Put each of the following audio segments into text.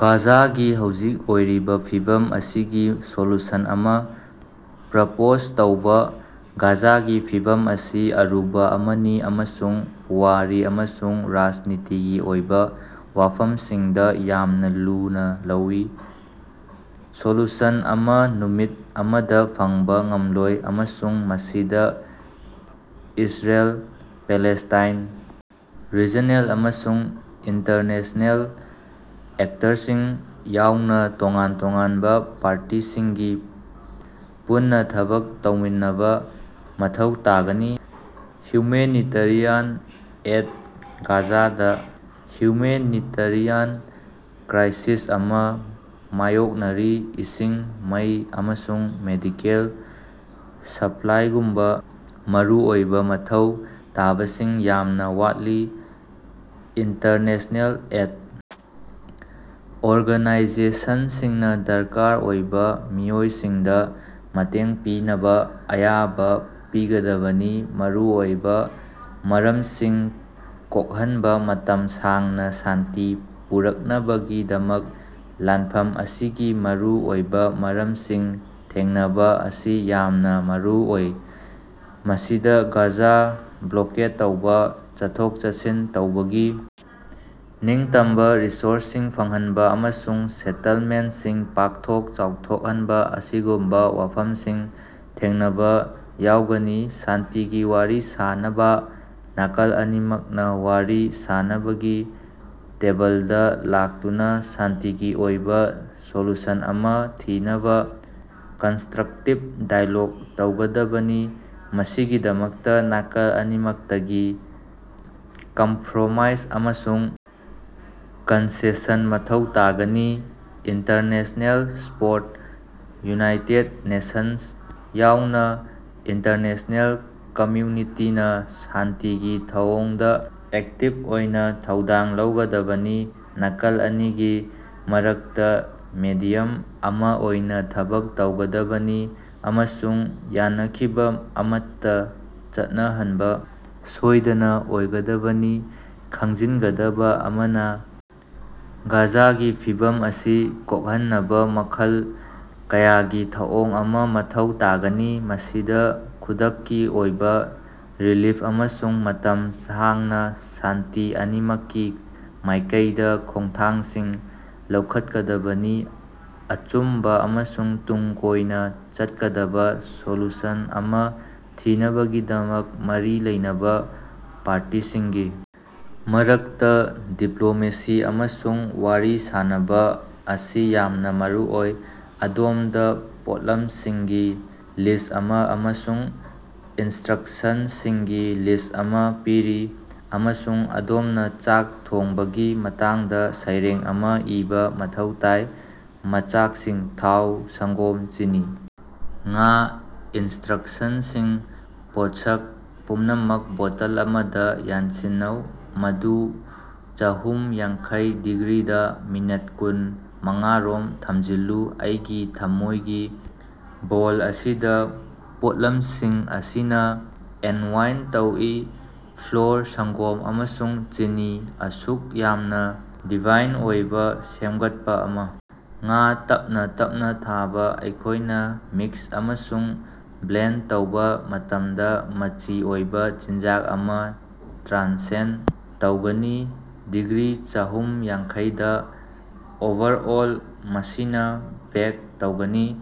ꯒꯥꯖꯥꯒꯤ ꯍꯧꯖꯤꯛ ꯑꯣꯏꯔꯤꯕ ꯐꯤꯚꯝ ꯑꯁꯤꯒꯤ ꯁꯣꯂꯨꯁꯟ ꯑꯃ ꯄ꯭ꯔꯄꯣꯖ ꯇꯧꯕ꯫ ꯒꯥꯖꯥꯒꯤ ꯐꯤꯚꯝ ꯑꯁꯤ ꯑꯔꯨꯕ ꯑꯃꯅꯤ ꯑꯃꯁꯨꯡ ꯄꯨꯋꯥꯔꯤ ꯑꯃꯁꯨꯡ ꯔꯥꯖꯅꯤꯇꯤꯒꯤ ꯑꯣꯏꯕ ꯋꯥꯐꯝꯁꯤꯡꯗ ꯌꯥꯝꯅ ꯂꯨꯅꯥ ꯂꯧꯏ꯫ ꯁꯣꯂꯨꯁꯟ ꯑꯃ ꯅꯨꯃꯤꯠ ꯑꯃꯗ ꯐꯪꯕ ꯉꯝꯂꯣꯏ, ꯑꯃꯁꯨꯡ ꯃꯁꯤꯗ ꯏꯖꯔꯦꯜ, ꯄꯦꯂꯦꯁ꯭ꯇꯥꯏꯟ, ꯔꯤꯖꯅꯦꯜ ꯑꯃꯁꯨꯡ ꯏꯟꯇꯔꯅꯦꯁ꯭ꯅꯦꯜ ꯑꯦꯛꯇꯔꯁꯤꯡ ꯌꯥꯎꯅ ꯇꯣꯉꯥꯟ ꯇꯣꯉꯥꯟꯕ ꯄꯥꯔꯇꯤꯁꯤꯡꯒꯤ ꯄꯨꯟꯅꯥ ꯊꯕꯛ ꯇꯧꯃꯤꯟꯅꯕꯥ ꯃꯊꯧ ꯇꯥꯒꯅꯤ꯫ ꯍ꯭ꯌꯨꯃꯦꯅꯤꯇꯔꯤꯌꯥꯟ ꯑꯦꯗ - ꯒꯥꯖꯥꯗ ꯍ꯭ꯌꯨꯃꯦꯅꯤꯇꯔꯤꯌꯥꯟ ꯀ꯭ꯔꯥꯏꯁꯤꯁ ꯑꯃ ꯃꯥꯌꯣꯛꯅꯔꯤ, ꯏꯁꯤꯡ, ꯃꯩ, ꯑꯃꯁꯨꯡ ꯃꯦꯗꯤꯀꯦꯜ ꯁꯄ꯭ꯂꯥꯏꯒꯨꯝꯕ ꯃꯔꯨꯑꯣꯏꯕ ꯃꯊꯧ ꯇꯥꯕꯁꯤꯡ ꯌꯥꯝꯅ ꯋꯥꯠꯂꯤ꯫ ꯏꯟꯇꯔꯅꯦꯁ꯭ꯅꯦꯜ ꯑꯦꯗ ꯑꯣꯔꯒꯅꯥꯏꯖꯦꯁꯟꯁꯤꯡꯅ ꯗꯔꯀꯥꯔ ꯑꯣꯏꯕ ꯃꯤꯑꯣꯏꯁꯤꯡꯗ ꯃꯇꯦꯡ ꯄꯤꯅꯕꯥ ꯑꯌꯥꯕ ꯄꯤꯒꯗꯕꯅꯤ꯫ ꯃꯔꯨ ꯑꯣꯏꯕ ꯃꯔꯝꯁꯤꯡ ꯀꯣꯛꯍꯟꯕ - ꯃꯇꯝ ꯁꯥꯡꯅ ꯁꯥꯟꯇꯤ ꯄꯨꯔꯛꯅꯕꯒꯤꯗꯃꯛ ꯂꯥꯟꯐꯝ ꯑꯁꯤꯒꯤ ꯃꯔꯨ ꯑꯣꯏꯕ ꯃꯔꯝꯁꯤꯡ ꯊꯦꯡꯅꯕꯥ ꯑꯁꯤ ꯌꯥꯝꯅ ꯃꯔꯨ ꯑꯣꯏ꯫ ꯃꯁꯤꯗ ꯒꯥꯖꯥ ꯕ꯭ꯂꯣꯀꯦꯗ ꯇꯧꯕ, ꯆꯠꯊꯣꯛ-ꯆꯠꯁꯤꯟ ꯇꯧꯕꯒꯤ ꯅꯤꯡꯇꯝꯕ, ꯔꯤꯁꯣꯔꯁꯁꯤꯡ ꯐꯪꯍꯟꯕ, ꯑꯃꯁꯨꯡ ꯁꯦꯇꯜꯃꯦꯟꯇꯁꯤꯡ ꯄꯥꯛꯊꯣꯛ ꯆꯥꯎꯊꯣꯛꯍꯟꯕ ꯑꯁꯤꯒꯨꯝꯕ ꯋꯥꯐꯝꯁꯤꯡ ꯊꯦꯡꯅꯕ ꯌꯥꯎꯒꯅꯤ꯫ ꯁꯥꯟꯇꯤꯒꯤ ꯋꯥꯔꯤ ꯁꯥꯅꯕꯥ -ꯅꯥꯀꯜ ꯑꯅꯤꯃꯛꯅ ꯋꯥꯔꯤ ꯁꯥꯅꯕꯒꯤ ꯇꯦꯕꯜꯗꯥ ꯂꯥꯛꯇꯨꯅ ꯁꯥꯟꯇꯤꯒꯤ ꯑꯣꯏꯕ ꯁꯣꯂꯨꯁꯟ ꯑꯃ ꯊꯤꯅꯕꯥ ꯀꯟꯁꯇ꯭ꯔꯛꯇꯤꯕ ꯗꯥꯏꯂꯣꯒ ꯇꯧꯒꯗꯕꯅꯤ꯫ ꯃꯁꯤꯒꯤꯗꯃꯛꯇ ꯅꯥꯀꯜ ꯑꯅꯤꯃꯛꯇꯒꯤ ꯀꯝꯐ꯭ꯔꯣꯃꯥꯏꯖ ꯑꯃꯁꯨꯡ ꯀꯟꯁꯦꯁꯟ ꯃꯊꯧ ꯇꯥꯒꯅꯤ꯫ ꯏꯟꯇꯔꯅꯦꯁ꯭ꯅꯦꯜ ꯁꯄꯣꯔꯠ - ꯌꯨꯅꯥꯏꯇꯦꯗ ꯅꯦꯁꯟꯁ ꯌꯥꯎꯅ ꯏꯟꯇꯔꯅꯦꯁ꯭ꯅꯦꯜ ꯀꯝꯃ꯭ꯌꯨꯅꯤꯇꯤꯅ ꯁꯥꯟꯇꯤꯒꯤ ꯊꯧꯑꯣꯡꯗ ꯑꯦꯛꯇꯤꯕ ꯑꯣꯏꯅ ꯊꯧꯗꯥꯡ ꯂꯧꯒꯗꯕꯅꯤ, ꯅꯥꯀꯜ ꯑꯅꯤꯒꯤ ꯃꯔꯛꯇ ꯃꯦꯗꯤꯌꯝ ꯑꯃ ꯑꯣꯏꯅ ꯊꯕꯛ ꯇꯧꯒꯗꯕꯅꯤ ꯑꯃꯁꯨꯡ ꯌꯥꯅꯈꯤꯕ ꯑꯃꯠꯇ ꯆꯠꯅꯍꯟꯕ ꯁꯣꯏꯗꯅ ꯑꯣꯏꯒꯗꯕꯅꯤ꯫ ꯈꯪꯖꯤꯟꯒꯗꯕꯥ ꯑꯃꯅ, ꯒꯥꯖꯥꯒꯤ ꯐꯤꯚꯝ ꯑꯁꯤ ꯀꯣꯛꯍꯟꯅꯕ ꯃꯈꯜ ꯀꯌꯥꯒꯤ ꯊꯧꯑꯣꯡ ꯑꯃ ꯃꯊꯧ ꯇꯥꯒꯅꯤ, ꯃꯁꯤꯗ ꯈꯨꯗꯛꯀꯤ ꯑꯣꯏꯕ ꯔꯤꯂꯤꯐ ꯑꯃꯁꯨꯡ ꯃꯇꯝ ꯁꯥꯡꯅ ꯁꯥꯟꯇꯤ ꯑꯅꯤꯃꯛꯀꯤ ꯃꯥꯏꯀꯩꯗ ꯈꯣꯡꯊꯥꯡꯁꯤꯡ ꯂꯧꯈꯠꯀꯗꯕꯅꯤ꯫ ꯑꯆꯨꯝꯕ ꯑꯃꯁꯨꯡ ꯇꯨꯡ ꯀꯣꯏꯅ ꯆꯠꯀꯗꯕ ꯁꯣꯂꯨꯁꯟ ꯑꯃ‌ ꯊꯤꯅꯕꯒꯤꯗꯃꯛ ꯃꯔꯤ ꯂꯩꯅꯕ ꯄꯥꯔꯇꯤꯁꯤꯡꯒꯤ ꯃꯔꯛꯇ ꯗꯤꯄ꯭ꯂꯣꯃꯦꯁꯤ ꯑꯃꯁꯨꯡ ꯋꯥꯔꯤ ꯁꯥꯅꯕꯥ ꯑꯁꯤ ꯌꯥꯝꯅ ꯃꯔꯨ ꯑꯣꯏ꯫ ꯑꯗꯣꯝꯗ ꯄꯣꯠꯂꯝꯁꯤꯡꯒꯤ ꯂꯤꯁ꯭ꯠ ꯑꯃ ꯑꯃꯁꯨꯡ ꯏꯟꯁꯇ꯭ꯔꯛꯁꯟꯁꯤꯡꯒꯤ ꯂꯤꯁ꯭ꯠ ꯑꯃ ꯄꯤꯔꯤ, ꯑꯃꯁꯨꯡ ꯑꯗꯣꯝꯅ ꯆꯥꯛ ꯊꯣꯡꯕꯒꯤ ꯃꯇꯥꯡꯗ ꯁꯩꯔꯦꯡ ꯑꯃ ꯏꯕꯥ ꯃꯊꯧ ꯇꯥꯏ꯫ ꯃꯆꯥꯛꯁꯤꯡ - ꯊꯥꯎ, ꯁꯪꯒꯣꯝ, ꯆꯤꯅꯤ, ꯉꯥ꯫ ꯏꯟꯁꯇ꯭ꯔꯛꯁꯟꯁꯤꯡ -ꯄꯣꯠꯁꯛ ꯄꯨꯝꯅꯃꯛ ꯕꯣꯇꯜ ꯑꯃꯗ ꯌꯥꯟꯁꯤꯟꯅꯧ, ꯃꯗꯨ ꯆꯥꯍꯨꯝ ꯌꯥꯡꯈꯩ ꯗꯤꯒ꯭ꯔꯤꯗꯥ ꯃꯤꯅꯠ ꯀꯨꯟ ꯃꯉꯥꯔꯣꯝ ꯊꯝꯖꯤꯜꯂꯨ꯫ ꯑꯩꯒꯤ ꯊꯝꯃꯣꯏꯒꯤ ꯕꯣꯜ ꯑꯁꯤꯗ, ꯄꯣꯠꯂꯝꯁꯤꯡ ꯑꯁꯤꯅ ꯑꯦꯟꯇꯋꯥꯏꯟ ꯇꯧꯏ ꯐ꯭ꯂꯣꯔ, ꯁꯪꯒꯣꯝ, ꯑꯃꯁꯨꯡ ꯆꯤꯅꯤ, ꯑꯁꯨꯛ ꯌꯥꯝꯅ ꯗꯤꯚꯥꯏꯟ ꯑꯣꯏꯕ ꯁꯦꯝꯒꯠꯄ ꯑꯃ, ꯉꯥ ꯇꯞꯅꯥ ꯇꯞꯅꯥ ꯊꯥꯕ, ꯑꯩꯈꯣꯏꯅ ꯃꯤꯛꯁ ꯑꯃꯁꯨꯡ ꯕ꯭ꯂꯦꯟꯗ ꯇꯧꯕ ꯃꯇꯝꯗ, ꯃꯆꯤ ꯑꯣꯏꯕ ꯆꯤꯟꯖꯥꯛ ꯑꯃ ꯇ꯭ꯔꯥꯟꯁꯦꯟꯗ ꯇꯧꯒꯅꯤ꯫ ꯗꯤꯒ꯭ꯔꯤ ꯆꯥꯍꯨꯝ ꯌꯥꯡꯈꯩ ꯗꯥ ꯑꯣꯚꯔꯑꯣꯜꯗ, ꯃꯁꯤꯅ ꯕꯦꯛ ꯇꯧꯒꯅꯤ,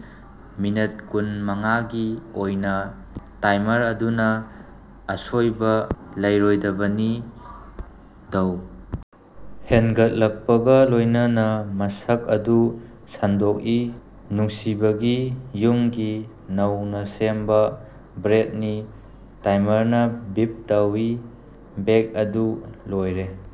ꯃꯤꯅꯠ ꯀꯨꯟ ꯃꯉꯥꯒꯤ ꯑꯣꯏꯅ ꯇꯥꯏꯃꯔ ꯑꯗꯨꯅ ꯑꯁꯣꯏꯕ ꯂꯩꯔꯣꯏꯗꯕꯅꯤ꯫ ꯗꯣꯎ ꯍꯦꯟꯒꯠꯂꯛꯄꯒ ꯂꯣꯏꯅꯅꯥ ꯃꯁꯛ ꯑꯗꯨ ꯁꯟꯗꯣꯛꯏ, ꯅꯨꯡꯁꯤꯕꯒꯤ, ꯌꯨꯝꯒꯤ, ꯅꯧꯅ ꯁꯦꯝꯕ ꯕ꯭ꯔꯦꯗꯅꯤ, ꯇꯥꯏꯃꯔꯅ ꯕꯤꯞ ꯇꯧꯏ, ꯕꯦꯛ ꯑꯗꯨ ꯂꯣꯏꯔꯦ꯫